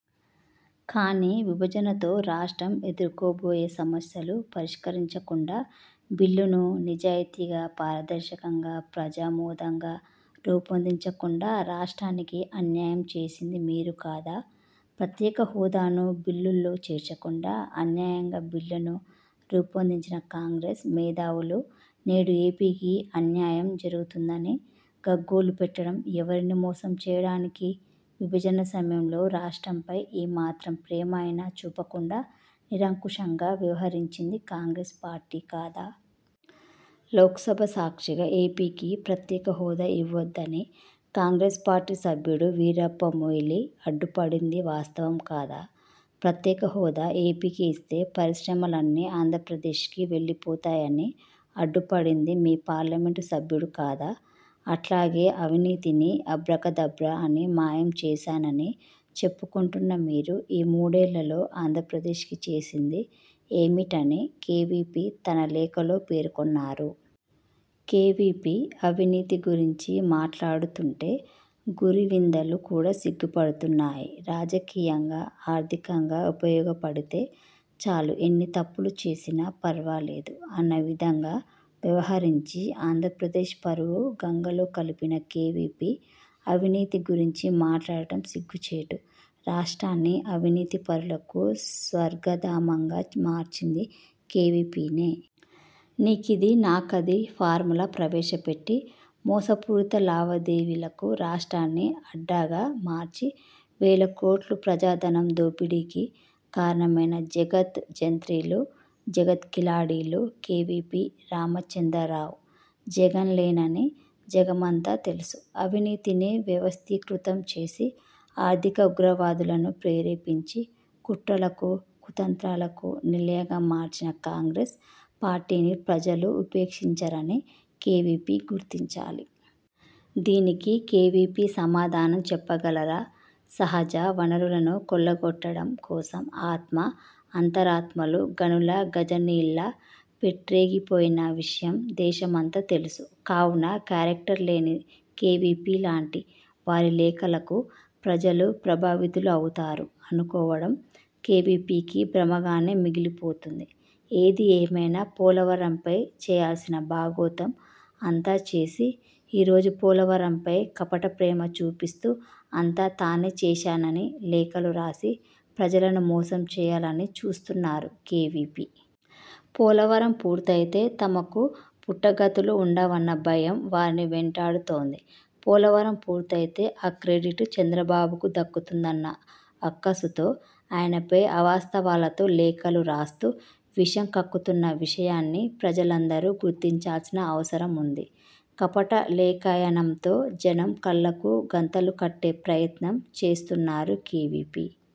కానీ విభజనతో రాష్ట్రం ఎదుర్కొబోయే సమస్యలు పరిష్కరించకుండా బిల్లును నిజాయితీగా, పారదర్శకంగా, ప్రజామోదంగా రూపొందించకుండా రాష్ట్రానికి అన్యాయం చేసింది మీరు కాదా? ప్రత్యేకహోదాను బిల్లులో చేర్చకుండా అన్యాయంగా బిల్లును రూపొందించిన కాంగ్రెస్ మేధావులు నేడు ఏపీకి అన్యాయం జరుగుతుందని గగ్గోలుపెట్టడం ఎవరిని మోసం చేయడానికి? విభజన సమయంలో రాష్ట్రంపై ఈ మాత్రం ప్రేమ అయినా చూపకుండా నిరంకుశంగా వ్యవహరించింది కాంగ్రెస్ పార్టీ కాదా? లోక్సభ సాక్షిగా ఏపీకి ప్రత్యేకహోదా ఇవ్వొద్దని కాంగ్రెస్ పార్టీ సభ్యుడు వీరప్ప మొయిలీ అడ్డుపడింది వాస్తవం కాదా? ప్రత్యేకహోదా ఏపీకి ఇస్తే పరిశ్రమలన్నీ ఆంధ్రప్రదేశ్కి వెళ్లిపోతాయని అడ్డుపడింది మీ పార్లమెంటు సభ్యుడు కాదా? అట్లాగే అవినీతిని అభ్రకదభ్ర అని మాయం చేశానని చెప్పుకుంటున్న మీరు ఈ మూడేళ్లలో ఆంధ్రప్రదేశ్కి చేసింది ఏమిటని కేవీపీ తన లేఖలో పేర్కొన్నారు. కేవీపీ అవినీతి గురించి మాట్లాడుతుంటే గురివిందలు కూడా సిగ్గుపడుతున్నాయి. రాజకీయంగా, ఆర్థికంగా ఉపయోగపడితే చాలు ఎన్ని తప్పులు చేసినా పర్వాలేదు అన్న విధంగా వ్యవహరించి ఆంధ్రప్రదేశ్ పరువు గంగలో కలిపిన కేవీపీ అవినీతి గురించి మాట్లాడటం సిగ్గుచేటు. రాష్ట్రాన్ని అవినీతి పరులకు స్వర్గధామంగా మార్చింది కేవీపీనే. నీకిది, నాకది ఫార్ములా ప్రవేశపెట్టి మోసపూరిత లావాదేవీలకు రాష్ట్రాన్ని అడ్డాగా మార్చి వేలకోట్లు ప్రజాధనం దోపిడీకి కారణమైన జగత్ జంత్రీలు, జగత్కిలాడీలు కేవీపీ రామచంద్రరావు, జగన్ లేనని జగమంతా తెలుసు. అవినీతిని వ్యవస్థీకృతం చేసి ఆర్థిక ఉగ్రవాదులను ప్రేరేపించి కుట్రలకు, కుతంత్రాలకు నిలయంగా మార్చిన కాంగ్రెస్ పార్టీని ప్రజలు ఉపేక్షించరని కేవీపీ గుర్తించాలి. దీనికి కేవీపీ సమాధానం చెప్పగలరా? సహజ వనరులను కొల్లగొట్టడం కోసం ఆత్మ, అంతరాత్మలు గనుల గజనీల్లా పేట్రేగిపోయిన విషయం దేశమంతా తెలుసు. కావున క్యారెక్టర్ లేని కేవీపీ లాంటి వారి లేఖలకు ప్రజలు ప్రభావితులు అవుతారు అనుకోవడం కేవీపీకి భ్రమగానే మిగిలిపోతుంది. ఏది ఏమైనా పోలవరంపై చేయాల్సిన బాగోతం అంతా చేసి ఈ రోజు పోలవరంపై కపట ప్రేమ చూపిస్తూ అంతా తానే చేశానని లేఖలు రాసి ప్రజలను మోసం చేయాలని చూస్తున్నారు కేవీపీ. పోలవరం పూర్తయితే తమకు పుట్టగతులు ఉండవన్న భయం వారిని వెంటాడుతోంది. పోలవరం పూర్తయితే ఆ క్రెడిట్ చంద్రబాబుకు దక్కుతుందన్న అక్కసుతో ఆయనపై అవాస్తవాలతో లేఖలు రాస్తూ విషం కక్కుతున్న విషయాన్ని ప్రజలందరూ గుర్తించాల్సిన అవసరముంది. కపట లేఖాయనంతో జనం కళ్లకు గంతలు కట్టే ప్రయత్నం చేస్తున్నారు కేవీపీ.